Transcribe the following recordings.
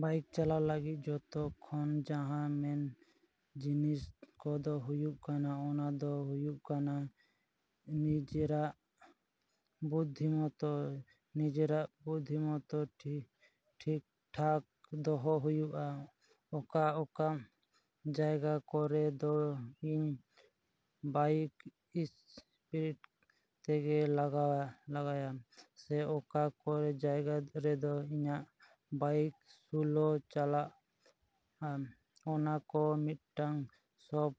Bike ᱪᱟᱞᱟᱣ ᱞᱟᱹᱜᱤᱫ ᱡᱚᱛᱚ ᱠᱷᱚᱱᱟᱜ ᱡᱟᱦᱟᱸ ᱢᱮᱱ ᱡᱤᱱᱤᱥ ᱠᱚᱫᱚ ᱦᱩᱭᱩᱜ ᱠᱟᱱᱟ, ᱚᱱᱟ ᱫᱚ ᱦᱩᱭᱩᱜ ᱠᱟᱱᱟ ᱱᱤᱡᱮᱨᱟᱜ ᱵᱩᱫᱽᱫᱷᱤᱢᱚᱛᱛᱟ᱾ ᱱᱤᱡᱮᱨᱟᱜ ᱵᱩᱫᱽᱫᱷᱤᱢᱚᱛᱛᱟ, ᱴᱷᱤᱠ-ᱴᱷᱟᱠ ᱫᱚᱦᱚᱭ ᱦᱩᱭᱩᱜᱼᱟ᱾ ᱚᱠᱟ ᱚᱠᱟ ᱡᱟᱭᱜᱟ ᱠᱚᱨᱮ ᱫᱚ ᱤᱧ ᱵᱟᱭᱤᱠ ᱤᱥᱯᱤᱰ ᱛᱮᱧ ᱞᱟᱜᱟᱭᱟ, ᱥᱮ ᱚᱠᱟ ᱚᱠᱟ ᱡᱟᱭᱜᱟ ᱨᱮᱫᱚ ᱤᱧᱟᱹᱜ ᱵᱟᱭᱤᱠ ᱥᱞᱳᱧ ᱪᱟᱞᱟᱣᱟ, ᱚᱱᱟ ᱠᱚ ᱢᱤᱫᱴᱟᱝ ᱥᱚᱵ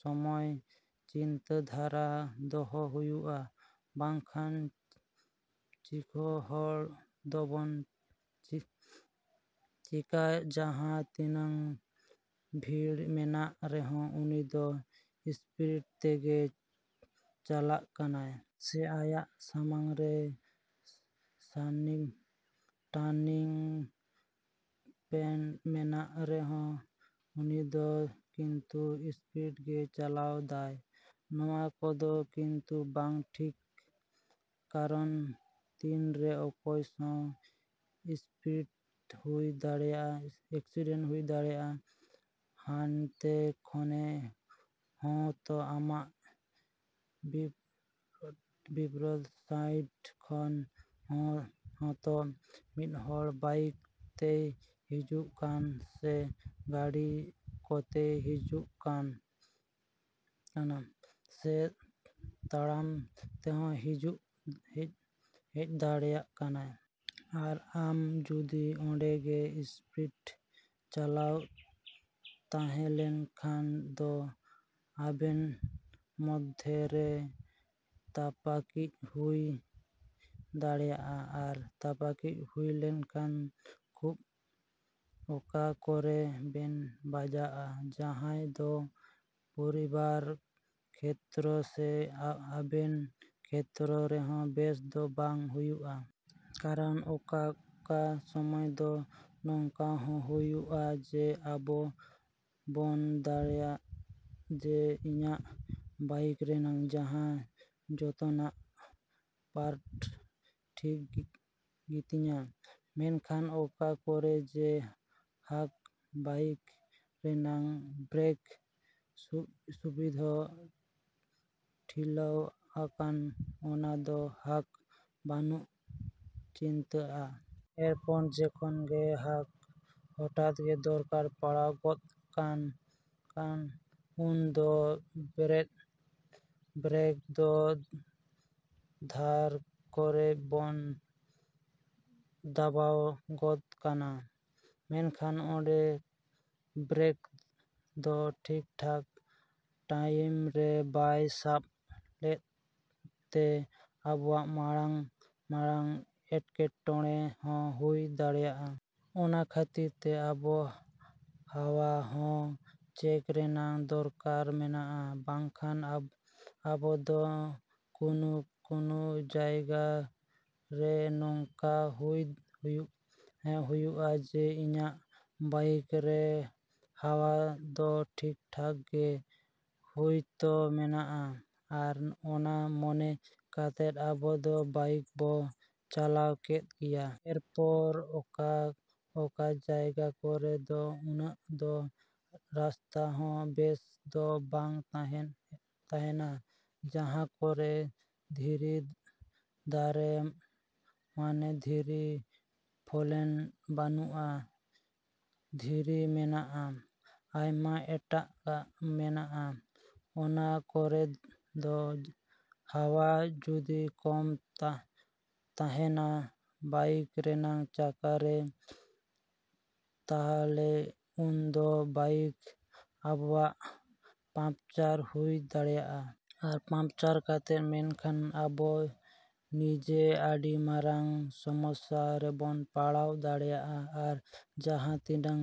ᱥᱚᱢᱚᱭ ᱪᱤᱱᱛᱟᱹ ᱫᱷᱟᱨᱟ ᱫᱚᱦᱚᱭ ᱦᱩᱭᱩᱜᱼᱟ, ᱵᱟᱝ ᱠᱷᱟᱱ ᱠᱤᱪᱷᱩ ᱦᱚᱲ ᱫᱚᱵᱚᱱ ᱪᱮᱠᱟᱭᱟ, ᱡᱟᱦᱟᱸᱛᱤᱱᱟᱹᱜ ᱵᱷᱤᱲ ᱢᱮᱱᱟᱜ ᱨᱮᱦᱚᱸ ᱩᱱᱤ ᱫᱚ ᱤᱥᱯᱤᱰ ᱛᱮᱜᱮ ᱪᱟᱞᱟᱜ ᱠᱟᱱᱟᱭ᱾ ᱥᱮ ᱟᱭᱟᱜ ᱥᱟᱢᱟᱝ ᱨᱮ ᱴᱟᱨᱱᱤᱝ ᱯᱚᱭᱮᱱᱴ ᱢᱮᱱᱟᱜ ᱨᱮᱦᱚᱸ ᱩᱱᱤ ᱫᱚ ᱠᱤᱱᱛᱩ ᱤᱥᱯᱤᱰ ᱜᱮ ᱪᱟᱞᱟᱣ ᱫᱟᱭ, ᱱᱚᱣᱟ ᱠᱚᱫᱚ ᱠᱤᱱᱛᱩ ᱵᱟᱝ ᱴᱷᱤᱠᱟ᱾ ᱠᱟᱨᱚᱱ ᱛᱤᱱ ᱨᱮ ᱚᱠᱚᱭ ᱥᱟᱶ ᱮᱠᱥᱤᱰᱮᱱᱴ ᱦᱩᱭ ᱫᱟᱲᱮᱭᱟᱜᱼᱟ, ᱦᱟᱱᱛᱮ ᱠᱷᱚᱱᱟᱜ ᱦᱚᱸᱛᱚ ᱟᱢᱟᱜ ᱵᱤᱯᱚᱨᱤᱛ ᱥᱟᱭᱤᱰ ᱠᱷᱚᱱ ᱦᱚᱸᱛᱚ ᱢᱤᱫ ᱦᱚᱲ ᱵᱟᱭᱤᱠ ᱛᱮᱭ ᱦᱤᱡᱩᱜ ᱠᱟᱱᱟ ᱥᱮ ᱜᱟᱹᱰᱤ ᱠᱚᱛᱮᱭ ᱦᱤᱡᱩᱜ ᱠᱟᱱᱟ, ᱥᱮ ᱛᱟᱲᱟᱢ ᱛᱮᱦᱚᱸᱭ ᱦᱤᱡ ᱫᱟᱲᱮᱭᱟᱜ ᱠᱟᱱᱟ᱾ ᱟᱨ ᱟᱢ ᱡᱩᱫᱤ ᱚᱸᱰᱮ ᱜᱮ ᱤᱥᱯᱤᱰᱮᱢ ᱪᱟᱞᱟᱣ ᱛᱟᱦᱚᱞᱮ ᱠᱷᱟᱱ ᱫᱚ ᱟᱵᱮᱱ ᱢᱚᱫᱽᱫᱷᱮ ᱨᱮ ᱛᱟᱯᱟᱠᱤᱡ ᱦᱚᱸ ᱦᱩᱭ ᱫᱟᱲᱮᱭᱟᱜᱼᱟ, ᱟᱨ ᱛᱟᱯᱟᱠᱤᱡ ᱦᱩᱭ ᱞᱮᱱᱠᱷᱟᱱ ᱫᱚ ᱠᱷᱩᱵ ᱚᱠᱟ ᱠᱚᱨᱮ ᱵᱮᱱ ᱵᱟᱡᱟᱜᱼᱟ, ᱡᱟᱦᱟᱸᱭ ᱫᱚ ᱯᱚᱨᱤᱵᱟᱨ ᱠᱷᱮᱛᱨᱮ ᱥᱮ ᱟᱵᱮᱱ ᱠᱷᱮᱛᱨᱮ ᱨᱮᱦᱚᱸ ᱵᱮᱥ ᱫᱚ ᱵᱟᱝ ᱦᱩᱭᱩᱜᱼᱟ᱾ ᱠᱟᱨᱚᱱ ᱚᱠᱟ ᱚᱠᱟ ᱥᱚᱢᱚᱭ ᱫᱚ ᱱᱚᱝᱠᱟ ᱦᱚᱸ ᱦᱩᱭᱩᱜᱼᱟ ᱡᱮ, ᱟᱵᱚ ᱫᱚᱵᱚᱱ ᱵᱟᱲᱟᱭᱟ ᱡᱮ, ᱤᱧᱟᱹᱜ ᱵᱟᱭᱤᱠ ᱨᱮᱱᱟᱜ ᱡᱟᱦᱟᱸ ᱡᱚᱛᱚᱱᱟᱜ ᱯᱟᱨᱴᱥ ᱴᱷᱤᱠ ᱜᱮᱛᱤᱧᱟ᱾ ᱢᱮᱱᱠᱷᱟᱱ ᱚᱠᱟ ᱠᱚᱨᱮ ᱡᱮ ᱦᱟᱸᱜ ᱵᱟᱭᱤᱠ ᱨᱮᱱᱟᱜ ᱵᱨᱮᱠ ᱥᱩᱫᱽᱫᱷᱳ ᱰᱷᱤᱞᱟᱹᱣᱠᱟᱱᱟ ᱚᱱᱟ ᱫᱚ ᱦᱟᱸᱜ ᱵᱟᱵᱚᱱ ᱪᱤᱱᱛᱟᱹᱭᱟ᱾ ᱮᱨ ᱯᱚᱨ ᱡᱚᱠᱷᱚᱱ ᱜᱮ ᱦᱟᱸᱜ ᱦᱚᱴᱟᱛ ᱜᱮ ᱫᱚᱨᱠᱟᱨ ᱯᱟᱲᱟᱣ ᱜᱚᱫ ᱠᱟᱱᱟ ᱩᱱ ᱫᱚ ᱵᱨᱮᱠ ᱫᱚ ᱫᱷᱟᱨ ᱠᱚᱨᱮ ᱵᱚᱱ ᱫᱟᱵᱟᱣ ᱜᱚᱫ ᱠᱟᱫᱟ᱾ ᱢᱮᱱᱠᱷᱟᱱ ᱚᱸᱰᱮ ᱵᱨᱮᱠ ᱫᱚ ᱴᱷᱤᱠ-ᱴᱷᱟᱠ ᱴᱟᱭᱤᱢ ᱨᱮ ᱵᱟᱭ ᱥᱟᱵ ᱞᱮᱫᱛᱮ ᱟᱵᱚᱣᱟᱜ ᱢᱟᱨᱟᱝ ᱢᱟᱨᱟᱝ ᱮᱴᱠᱮᱴᱚᱬᱮ ᱦᱚᱸ ᱦᱩᱭ ᱫᱟᱲᱮᱭᱟᱜᱼᱟ᱾ ᱚᱱᱟ ᱠᱷᱟᱹᱛᱤᱨ ᱛᱮ ᱟᱵᱚ ᱦᱟᱣᱟ ᱦᱚᱸ ᱪᱮᱠ ᱨᱮᱱᱟᱜ ᱫᱚᱨᱠᱟᱨ ᱢᱮᱱᱟᱜᱼᱟ ᱵᱟᱝᱠᱷᱟᱱ ᱟᱵᱚ ᱫᱚ ᱠᱳᱱᱳ ᱠᱳᱱᱳ ᱡᱟᱭᱜᱟ ᱨᱮ ᱱᱚᱝᱠᱟ ᱦᱚᱸ ᱦᱩᱭᱩᱜᱼᱟ ᱡᱮ, ᱤᱧᱟᱹᱜ ᱵᱟᱭᱤᱠ ᱨᱮ ᱦᱟᱣᱟ ᱫᱚ ᱴᱷᱤᱠ-ᱴᱷᱟᱠ ᱜᱮ ᱦᱳᱭᱛᱳ ᱢᱮᱱᱟᱜᱼᱟ᱾ ᱟᱨ ᱚᱱᱟ ᱢᱚᱱᱮ ᱠᱟᱛᱮ ᱟᱵᱚ ᱫᱚ ᱵᱟᱭᱤᱠ ᱵᱚᱱ ᱪᱟᱞᱟᱣ ᱠᱮᱫ ᱜᱮᱭᱟ᱾ ᱮᱨᱯᱚᱨ ᱚᱠᱟ ᱚᱠᱟ ᱡᱟᱭᱜᱟ ᱠᱚᱨᱮ ᱫᱚ ᱩᱱᱟᱹᱜ ᱫᱚ ᱨᱟᱥᱛᱟ ᱦᱚᱸ ᱵᱮᱥ ᱫᱚ ᱵᱟᱝ ᱛᱟᱦᱮᱱᱟ᱾ ᱡᱟᱦᱟᱸ ᱠᱚᱨᱮ ᱫᱷᱤᱨᱤ, ᱫᱟᱨᱮ ᱢᱟᱱᱮ ᱫᱷᱤᱨᱤ ᱯᱞᱮᱱ ᱵᱟᱹᱱᱩᱜᱼᱟ, ᱫᱷᱤᱨᱤ ᱢᱮᱱᱟᱜᱼᱟ᱾ ᱟᱭᱢᱟ ᱮᱴᱟᱜᱟᱜ ᱢᱮᱱᱟᱜᱼᱟ, ᱚᱱᱟ ᱠᱚᱨᱮ ᱫᱚ ᱦᱟᱣᱟ ᱡᱩᱫᱤ ᱠᱚᱢ ᱛᱟᱦᱮᱱᱟ ᱵᱟᱭᱤᱠ ᱨᱮᱱᱟᱜ ᱪᱟᱠᱟ ᱨᱮ ᱛᱟᱦᱚᱞᱮ ᱩᱱᱫᱚ ᱵᱟᱭᱤᱠ ᱟᱵᱚᱣᱟᱜ ᱯᱟᱱᱪᱟᱨ ᱦᱩᱭ ᱫᱟᱲᱭᱟᱜᱼᱟ᱾ ᱟᱨ ᱯᱟᱱᱪᱟᱨ ᱠᱟᱛᱮ ᱢᱮᱱᱠᱷᱟᱱ ᱟᱵᱚ ᱱᱤᱡᱮ ᱟᱹᱰᱤ ᱢᱟᱨᱟᱝ ᱥᱚᱢᱚᱥᱥᱟ ᱨᱮᱵᱚᱱ ᱯᱟᱲᱟᱣ ᱫᱟᱲᱮᱭᱟᱜᱼᱟ᱾ ᱟᱨ ᱡᱟᱦᱟᱸᱛᱤᱱᱟᱹᱜ